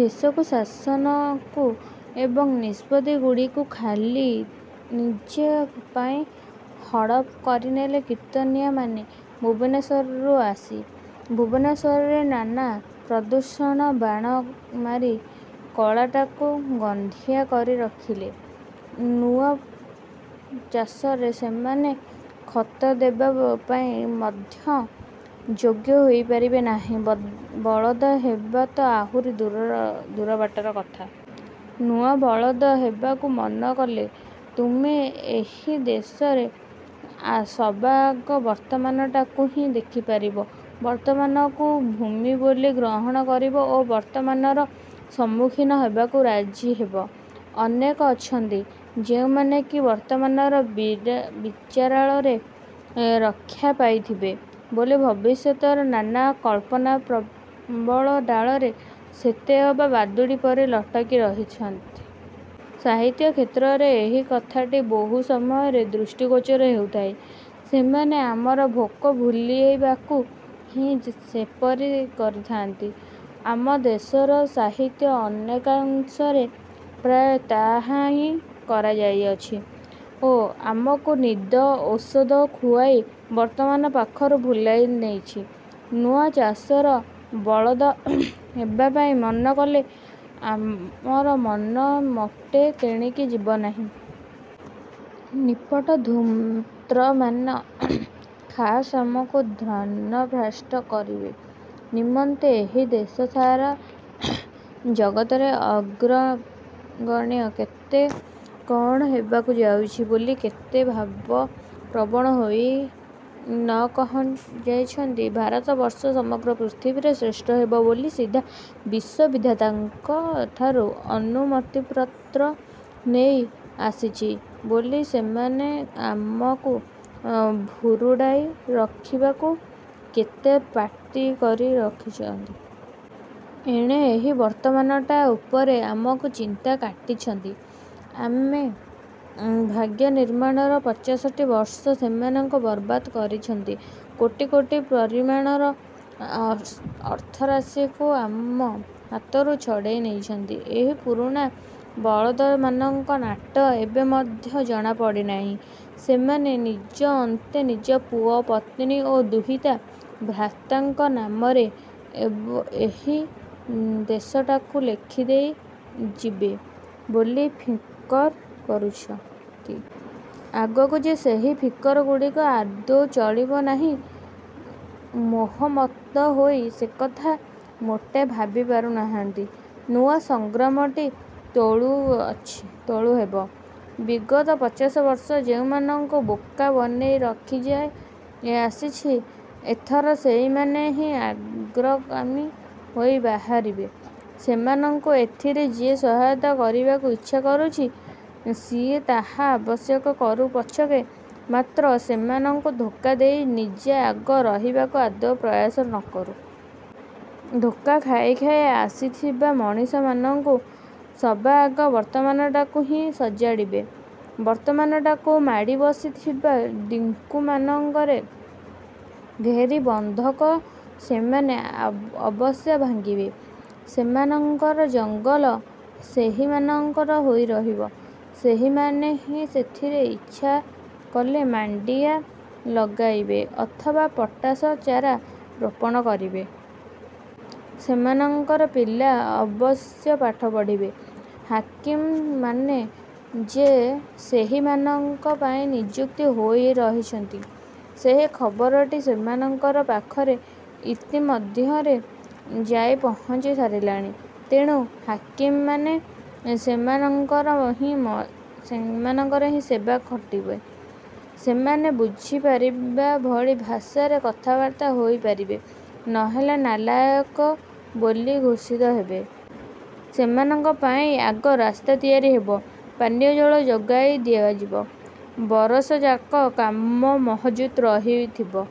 ଦେଶକୁ, ଶାସନକୁ ଏବଂ ନିଷ୍ପତ୍ତିଗୁଡ଼ିକୁ ଖାଲି ନିଜ ପାଇଁ ହଡ଼ପ କରିନେଇ କୀର୍ତ୍ତନିଆମାନେ ଭୁବନେଶ୍ୱରକୁ ଆସିଲେ। ଭୁବନେଶ୍ୱରରେ ନାନା ପ୍ରଦୂଷଣର ବାଣ ମାରି କାଳଟାକୁ ଗନ୍ଧିଆ କରି ରଖିଲେ। ନୂଆ ଚାଷରେ ଏମାନେ ଖତ ହେବା ପାଇଁ ମଧ୍ୟ ଯୋଗ୍ୟ ହୋଇପାରିବେ ନାହିଁ, ବଳଦ ହେବା ତ ଆହୁରି ଦୂର ବାଟର କଥା। ନୂଆ ବଳଦ ହେବାକୁ ମନକଲେ ତୁମେ ଏହି ଦେଶରେ ସବାଆଗ ବର୍ତ୍ତମାନଟାକୁ ହିଁ ଦେଖିପାରିବ। ବର୍ତ୍ତମାନକୁ ଭୂମି ବୋଲି ଗ୍ରହଣ କରିବ ଓ ବର୍ତ୍ତମାନର ସମ୍ମୁଖୀନ ହେବାକୁ ରାଜି ହେବ। ଅନେକେ ଅଛନ୍ତି, ଯେଉଁମାନେ କି ବର୍ତ୍ତମାନର ବିଚାରାଳୟରୁ ରକ୍ଷା ପାଇଯିବେ ବୋଲି ଭବିଷ୍ୟତର ନାନା କଳ୍ପନାପ୍ରବଳ ଡାଳରେ ସତେଅବା ବାଦୁଡ଼ି ପରି ଲଟକି ରହିଥାନ୍ତି। ସାହିତ୍ୟର କ୍ଷେତ୍ରରେ ଏହି କଥାଟି ବହୁ ସମୟରେ ଦୃଷ୍ଟିଗୋଚର ହୋଇଥାଏ। ଏମାନେ ଆମର ଭୋକ ଭୁଲାଇବାକୁ ହିଁ ସେପରି କରିଥାନ୍ତି। ଆମ ଦେଶର ସାହିତ୍ୟ ଅନେକାଂଶରେ ପ୍ରାୟ ତାହା ହିଁ କରିଆସିଛି ଓ ଆମକୁ ନିଦ ଓଷଦ ଖୁଆଇ ବର୍ତ୍ତମାନ ପାଖରୁ ଭୁଲାଇ ନେଇଛି। ନୂଆ ଚାଷର ବଳଦ ହେବା ପାଇଁ ମନ କଲେ ଆମର ମନ ମୋଟେ ତେଣିକି ଯିବ ନାହିଁ। ନିପଟ ଧୂର୍ତ୍ତମାନେ ଖାସ୍ ଆମକୁ ଧ୍ୟାନଭ୍ରଷ୍ଟ କରିବା ନିମନ୍ତେ ଏହି ଦେଶ ସାରା ଜଗତରେ ଅଗ୍ରଗଣ୍ୟ କେତେ କ'ଣ ହେବାକୁ ଯାଉଛି ବୋଲି କେତେ ଭାବପ୍ରବଣ ହୋଇ ନକହିଛନ୍ତି; ଭାରତବର୍ଷ ସମଗ୍ର ପୃଥିବୀରେ ଶ୍ରେଷ୍ଠ ହେବ ବୋଲି ସିଧା ବିଶ୍ଵବିଧାତାଙ୍କ ଠାରୁ ଅନୁମତିପତ୍ର ନେଇ ଆସିଛି ବୋଲି ସେମାନେ ଆମକୁ ଭୁରୁଡ଼ାଇ ରଖିବାକୁ କେଡ଼େ ପାଟି କରି କହିଛନ୍ତି। ଏଣେ ଏହି ବର୍ତ୍ତମାନଟା ଉପରେ ଆମକୁ ଚିତା କାଟିଛନ୍ତି। ଆମ ଭାଗ୍ୟନିର୍ମାଣର ପଚାଶଟା ବର୍ଷକୁ ସେମାନେ ବରବାଦ କରିଛନ୍ତି। କୋଟି କୋଟି ପରିମାଣର ଅର୍ଥରାଶିକୁ ଆମ ହାତରୁ ଛଡ଼ାଇ ନେଇଛନ୍ତି। ଏହି ପୁରୁଣା ବଳଦମାନଙ୍କର ନାଟ ଏବେ ମଧ୍ୟ ଜଣା ପଡ଼ିନାହିଁ। ସେମାନେ ନିଜ ଅନ୍ତେ ନିଜ ପୁଅ, ପତ୍ନୀ ଓ ଦୁହିତା, ଭ୍ରାତାଙ୍କ ନାମରେ ଏହି ଦେଶଟାକୁ ଲେଖିଦେଇ ଯିବେ ବୋଲି ଫିକର କରୁଛନ୍ତି। ଆଗକୁ ଯେ ସେହି ଫିକରଗୁଡ଼ିକ ଆଦୌ ଚଳିବ ନାହିଁ, ମୋହମତ୍ତ ହୋଇ ସେକଥା ମୋଟେ ଭାବି ପାରୁନାହାନ୍ତି। ନୂଆ ସଂଗ୍ରାମଟି ତଳୁ ହେବ। ବିଗତ ପଚାଶ ବର୍ଷ ଯେଉଁମାନଙ୍କୁ ବୋକା ବନାଇ ରଖାଯାଇ ଆସିଛି, ଏଥର ସେଇମାନେ ହିଁ ଅଗ୍ରଗାମୀ ହୋଇ ବାହାରିବେ। ସେମାନଙ୍କୁ ଏଥିରେ ଯିଏ ସହାୟତା କରିବାକୁ ଇଚ୍ଛା କରୁଛି, ସିଏ ତାହା ଅବଶ୍ୟ କରୁ ପଛକେ, ମାତ୍ର ସେମାନଙ୍କୁ ଧୋକା ଦେଇ ନିଜେ ଆଗରେ ରହିବାକୁ ଆଦୌ ପ୍ରୟାସ ନକରୁ। ଧୋକା ଖାଇ ଖାଇ ଆସିଥିବା ମଣିଷମାନେ ସବାଆଗ ବର୍ତ୍ତମାନଟାକୁ ହିଁ ସଜାଡ଼ିବେ। ବର୍ତ୍ତମାନଟାକୁ ମାଡ଼ିବସିଥିବା ଡ଼ିକୁମାନଙ୍କର ଘେରିବନ୍ଧକୁ ସେମାନେ ଅବଶ୍ୟ ଭାଙ୍ଗିବେ। ସେମାନଙ୍କର ଜଙ୍ଗଲ ସେହିମାନଙ୍କର ହୋଇ ରହିବ। ସେହିମାନେ ହିଁ ସେଥିରେ ଇଚ୍ଛା କଲେ ମାଣ୍ଡିଆ ଲଗାଇବେ ଅଥବା ପଟାସ ଚାରା ରୋପଣ କରିବେ। ସେମାନଙ୍କର ପିଲା ଅବଶ୍ୟ ପାଠ ପଢ଼ିବେ। ହାକିମମାନେ ଯେ ସେହିମାନଙ୍କ ପାଇଁ ନିଯୁକ୍ତ ହୋଇ ରହିଛନ୍ତି, ସେହି ଖବରଟି ସେମାନଙ୍କ ପାଖରେ ଇତିମଧ୍ୟରେ ଯାଇ ପହଞ୍ଚି ସାରିଲାଣି। ତେଣୁ, ହାକିମମାନେ ସେମାନଙ୍କର ହିଁ ସେବା ଖଟିବେ, ସେମାନେ ବୁଝିପାରିବା ଭଳି ଭାଷାରେ କଥାବାର୍ତ୍ତା ହୋଇ ପାରିବେ, ନହେଲେ ନାଲାୟକ ବୋଲି ଘୋଷିତ ହେବେ। ସେମାନଙ୍କ ପାଇଁ ଆଗ ରାସ୍ତା ତିଆରି ହେବ, ପାନୀୟଜଳ ଯୋଗାଇ ଦିଆଯିବ, ବରଷ ଯାକର କାମ ମହଜୁଦ ରହିଥିବ